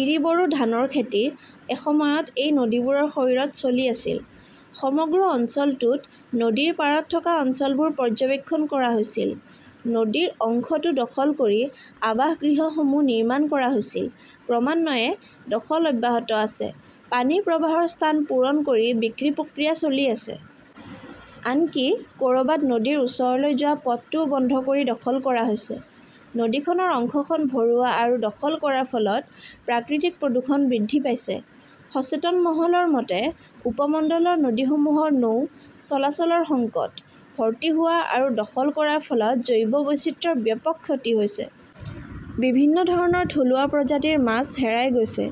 ইৰি-বৰো ধানৰ খেতি এসময়ত এই নদীবোৰৰ শৰীৰত চলি আছিল। সমগ্ৰ অঞ্চলটোত নদীৰ পাৰত থকা অঞ্চলবোৰ পৰ্যবেক্ষণ কৰা হৈছিল, নদীৰ অংশটো দখল কৰি আৱাসগৃহসমূহ নিৰ্মাণ কৰা হৈছিল। ক্ৰমান্বয়ে দখল অব্যাহত আছে। পানীৰ প্ৰবাহৰ স্থান পূৰণ কৰি বিক্ৰী প্ৰক্ৰিয়া চলি আছে। আনকি ক'ৰবাত নদীৰ ওচৰলৈ যোৱা পথটোও বন্ধ কৰি দখল কৰা হৈছে। নদীখনৰ অংশখন ভৰোৱা আৰু দখল কৰাৰ ফলত প্ৰাকৃতিক প্ৰদূষণ বৃদ্ধি পাইছে। সচেতন মহলৰ মতে, উপমণ্ডলৰ নদীসমূহৰ নৌ চলাচলৰ সংকট, ভৰ্তি হোৱা আৰু দখল কৰাৰ ফলত জৈৱ বৈচিত্ৰ্যৰ ব্যাপক ক্ষতি হৈছে। বিভিন্ন ধৰণৰ থলুৱা প্ৰজাতিৰ মাছ হেৰাই গৈছে।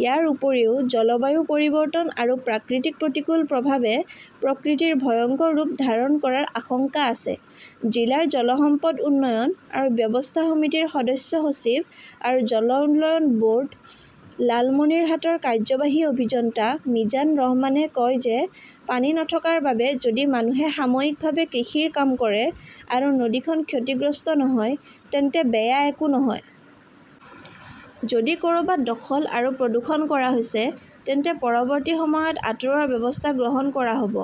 ইয়াৰ উপৰিও জলবায়ু পৰিৱৰ্তন আৰু প্ৰাকৃতিক প্ৰতিকূল প্ৰভাৱে প্ৰকৃতিৰ ভয়ংকৰ ৰূপ ধাৰণ কৰাৰ আশংকা আছে। জিলাৰ জল সম্পদ উন্নয়ন আৰু ব্যৱস্থাপনা সমিতিৰ সদস্য সচিব আৰু জল উন্নয়ন ব'ৰ্ড লালমনিৰহাটৰ কাৰ্যবাহী অভিযন্তা মিজান ৰহমানে কয় যে পানী নথকাৰ বাবে যদি মানুহে সাময়িকভাৱে কৃষিৰ কাম কৰে আৰু নদীখন ক্ষতিগ্ৰস্ত নহয় তেন্তে বেয়া একো নহয়। যদি ক'ৰবাত দখল আৰু প্ৰদূষণ কৰা হৈছে তেন্তে পৰৱৰ্তী সময়ত আঁতৰোৱাৰ ব্যৱস্থা গ্ৰহণ কৰা হব।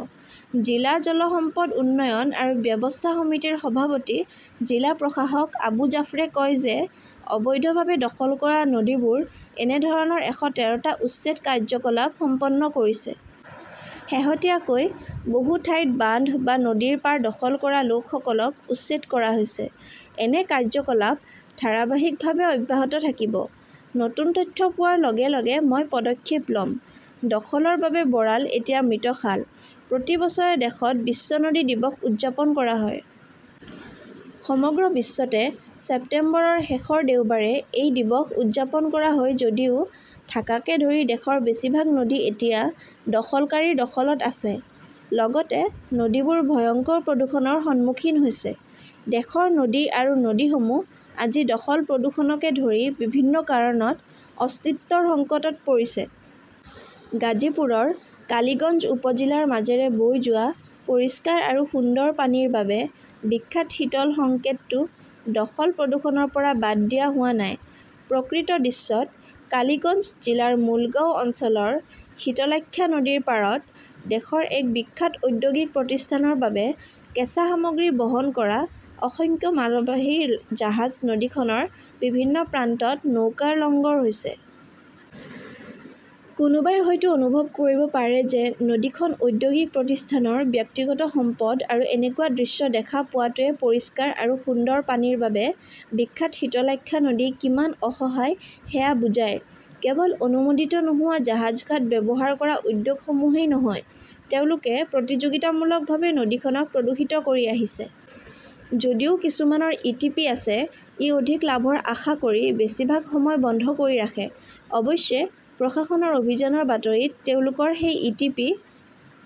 জিলা জল সম্পদ উন্নয়ন আৰু ব্যৱস্থাপনা সমিতিৰ সভাপতি জিলা প্ৰশাসক আবু জাফৰে কয় যে অবৈধভাৱে দখল কৰা নদীবোৰে এনে ধৰণৰ "এশ তেৰ টা" উচ্ছেদ কাৰ্যকলাপ সম্পন্ন কৰিছে। শেহতীয়াকৈ বহুতো ঠাইত বান্ধ বা নদীৰ পাৰ দখল কৰা লোকসকলক উচ্ছেদ কৰা হৈছে। এনে কাৰ্যকলাপ ধাৰাবাহিকভাৱে অব্যাহত থাকিব। নতুন তথ্য পোৱাৰ লগে লগে মই পদক্ষেপ লম। দখলৰ বাবে বৰাল এতিয়া মৃত খাল। প্ৰতি বছৰে দেশত বিশ্ব নদী দিৱস উদযাপন কৰা হয়। সমগ্ৰ বিশ্বতে ছেপ্টেম্বৰৰ শেষৰ দেওবাৰে এই দিৱস উদযাপন কৰা হয় যদিও ঢাকাকে ধৰি দেশৰ বেছিভাগ নদী এতিয়া দখলকাৰীৰ দখলত আছে। লগতে নদীবোৰ ভয়ংকৰ প্ৰদূষণৰ সন্মুখীন হৈছে । দেশৰ নদী আৰু নদীসমূহ আজি দখল-প্ৰদূষণকে ধৰি বিভিন্ন কাৰণত অস্তিত্বৰ সংকটত পৰিছে। গাজীপুৰৰ কালিগঞ্জ উপ-জিলাৰ মাজেৰে বৈ যোৱা পৰিষ্কাৰ আৰু সুন্দৰ পানীৰ বাবে বিখ্যাত শীতল সংকেতটো দখল-প্ৰদূষণৰ পৰা বাদ দিয়া হোৱা নাই। প্ৰকৃত দৃশ্যত, কালিগঞ্জ জিলাৰ মূলগাঁও অঞ্চলৰ শীতলাক্ষ্যা নদীৰ পাৰত দেশৰ এক বিখ্যাত ঔদ্যোগিক প্ৰতিষ্ঠানৰ বাবে কেঁচা সামগ্ৰী বহন কৰা অসংখ্য মালবাহী জাহাজ নদীখনৰ বিভিন্ন প্ৰান্তত নৌকাৰ লঙ্গৰ হৈছে। কোনোবাই হয়তো অনুভৱ কৰিব পাৰে যে নদীখন ঔদ্যোগিক প্ৰতিষ্ঠানৰ ব্যক্তিগত সম্পদ আৰু এনেকুৱা দৃশ্য দেখা পোৱাটোৱে পৰিষ্কাৰ আৰু সুন্দৰ পানীৰ বাবে বিখ্যাত শীতলাক্ষ্যা নদী কিমান অসহায় সেয়া বুজাই। কেৱল অনুমোদিত নোহোৱা জাহাজ ঘাট ব্যৱহাৰ কৰা উদ্যোগসমূহেই নহয়, তেওঁলোকে প্ৰতিযোগিতামূলকভাৱে নদীখনক প্ৰদূষিত কৰি আহিছে। যদিও কিছুমানৰ ই. টি. পি. আছে, ই অধিক লাভৰ আশা কৰি বেছিভাগ সময় বন্ধ কৰি ৰাখে। অৱশ্যে, প্ৰশাসনৰ অভিযানৰ বাতৰিত তেওঁলোকৰ সেই ই.টি. পি.